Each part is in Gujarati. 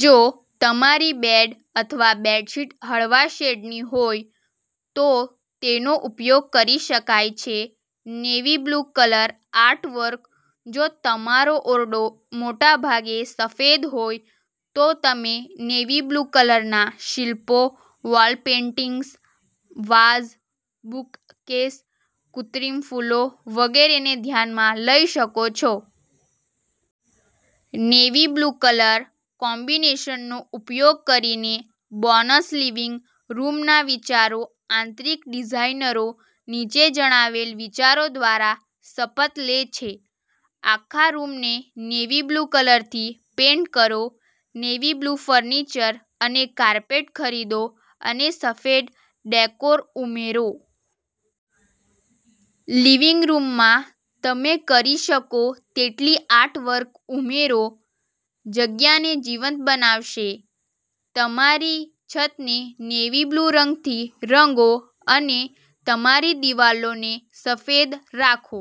જો તમારી બેડ અથવા બેડશીટ હળવા શેડની હોય તો તેનો ઉપયોગ કરી શકાય છે. નેવી-બ્લુ કલર આર્ટવર્ક જો તમારો ઓરડો મોટાભાગે સફેદ હોય, તો તમે નેવી-બ્લુ કલરનાં શિલ્પો, વોલ પેઈન્ટિંગ્સ, વાઝ, બુકકેસ, કૃત્રિમ ફૂલો વગેરેને ધ્યાનમાં લઈ શકો છો. નેવી-બ્લુ કલર કોમ્બિનેશનનો ઉપયોગ કરીને બોનસ લિવિંગ રૂમના વિચારો આંતરિક ડિઝાઇનરો નીચે જણાવેલ વિચારો દ્વારા શપથ લે છે. આખા રૂમને નેવી-બ્લુ કલરથી પેઈન્ટ કરો, નેવી-બ્લુ ફર્નિચર અને કાર્પેટ ખરીદો અને સફેદ ડેકોર ઉમેરો. લિવિંગ રૂમમાં તમે કરી શકો તેટલી આર્ટવર્ક ઉમેરો. જગ્યાને જીવંત બનાવશે. તમારી છતને નેવી-બ્લુ રંગથી રંગો અને તમારી દિવાલોને સફેદ રાખો.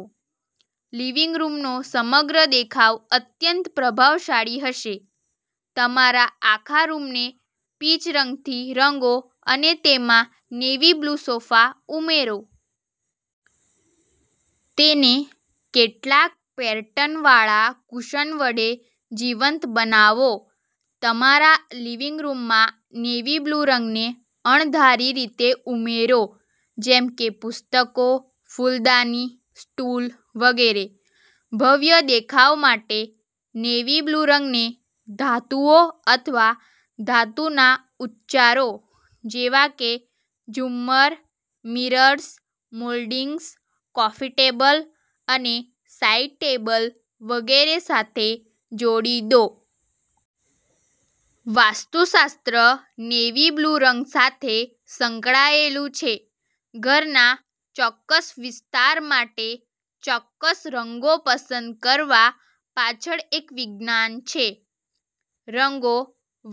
લિવિંગ રૂમનો સમગ્ર દેખાવ અત્યંત પ્રભાવશાળી હશે. તમારા આખા રૂમને પીચ રંગથી રંગો અને તેમાં નેવી-બ્લુ સોફા ઉમેરો. તેને કેટલાક પેટર્નવાળા કુશન વડે જીવંત બનાવો. તમારા લિવિંગ રૂમમાં નેવી-બ્લુ રંગને અણધારી રીતે ઉમેરો, જેમ કે પુસ્તકો, ફૂલદાની, સ્ટૂલ વગેરે. ભવ્ય દેખાવ માટે, નેવી-બ્લુ રંગને ધાતુઓ અથવા ધાતુના ઉચ્ચારો જેવા કે ઝુમ્મર, મિરર્સ, મોલ્ડિંગ્સ, કોફી ટેબલ અને સાઇડ ટેબલ વગેરે સાથે જોડી દો. વાસ્તુશાસ્ત્ર નેવી બ્લુ રંગ સાથે સંકળાયેલું છે ઘરના ચોક્કસ વિસ્તાર માટે ચોક્કસ રંગો પસંદ કરવા પાછળ એક વિજ્ઞાન છે. રંગો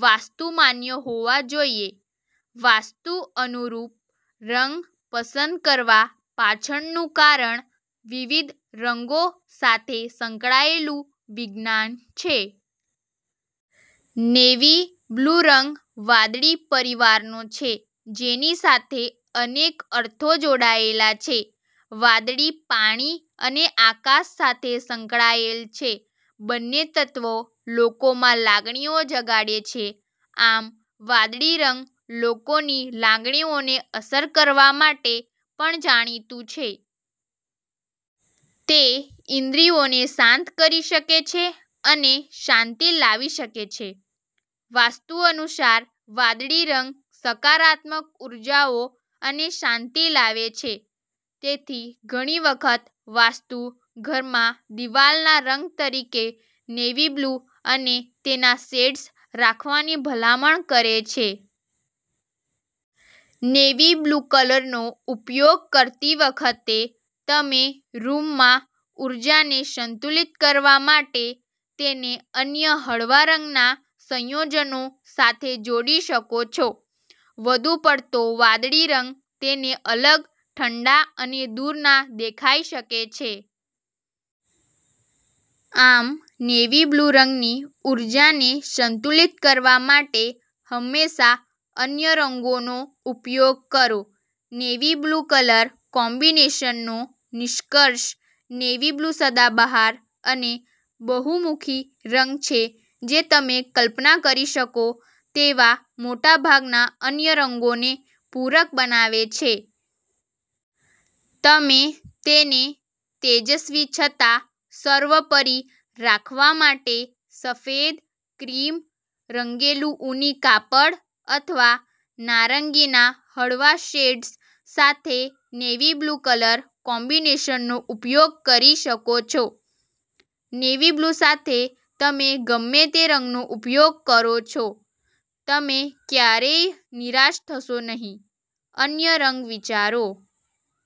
વાસ્તુ માન્ય હોવા જોઈએ. વાસ્તુ અનુરૂપ રંગ પસંદ કરવા પાછળનું કારણ વિવિધ રંગો સાથે સંકળાયેલું વિજ્ઞાન છે. નેવી બ્લુ રંગ વાદળી પરિવારનો છે, જેની સાથે અનેક અર્થો જોડાયેલા છે. વાદળી પાણી અને આકાશ સાથે સંકળાયેલ છે. બંને તત્વો લોકોમાં લાગણીઓ જગાડે છે. આમ વાદળી રંગ લોકોની લાગણીઓને અસર કરવા માટે પણ જાણીતું છે. તે ઇન્દ્રિયોને શાંત કરી શકે છે અને શાંતિ લાવી શકે છે. વાસ્તુ અનુસાર વાદળી રંગ સકારાત્મક ઉર્જા અને શાંતિ લાવે છે. તેથી ઘણી વખત, વાસ્તુ ઘરમાં દિવાલના રંગ તરીકે નેવી બ્લુ અને તેના શેડ્સ રાખવાની ભલામણ કરે છે. નેવી બ્લુ કલરનો ઉપયોગ કરતી વખતે, તમે રૂમમાં ઊર્જાને સંતુલિત કરવા માટે તેને અન્ય હળવા રંગના સંયોજનો સાથે જોડી શકો છો. વધુ પડતો વાદળી રંગ તેને અલગ, ઠંડા અને દૂરના દેખાઈ શકે છે. આમ નેવી બ્લુ રંગની ઊર્જાને સંતુલિત કરવા માટે હંમેશા અન્ય રંગોનો ઉપયોગ કરો. નેવી બ્લુ કલર કોમ્બિનેશનનો નિષ્કર્ષ નેવી-બ્લુસદાબહાર અને બહુમુખી રંગ છે જે તમે કલ્પના કરી શકો તેવા મોટાભાગના અન્ય રંગોને પૂરક બનાવે છે. તમે તેને તેજસ્વી છતાં સર્વોપરી રાખવા માટે સફેદ, ક્રીમ, રંગેલું ઊની કાપડ અથવા નારંગીના હળવા શેડ્સ સાથે નેવી-બ્લુ કલર કોમ્બિનેશનનો ઉપયોગ કરી શકો છો. નેવી-બ્લુ સાથે તમે ગમે તે રંગનો ઉપયોગ કરો છો, તમે ક્યારેય નિરાશ થશો નહીં. અન્ય રંગ વિચારો.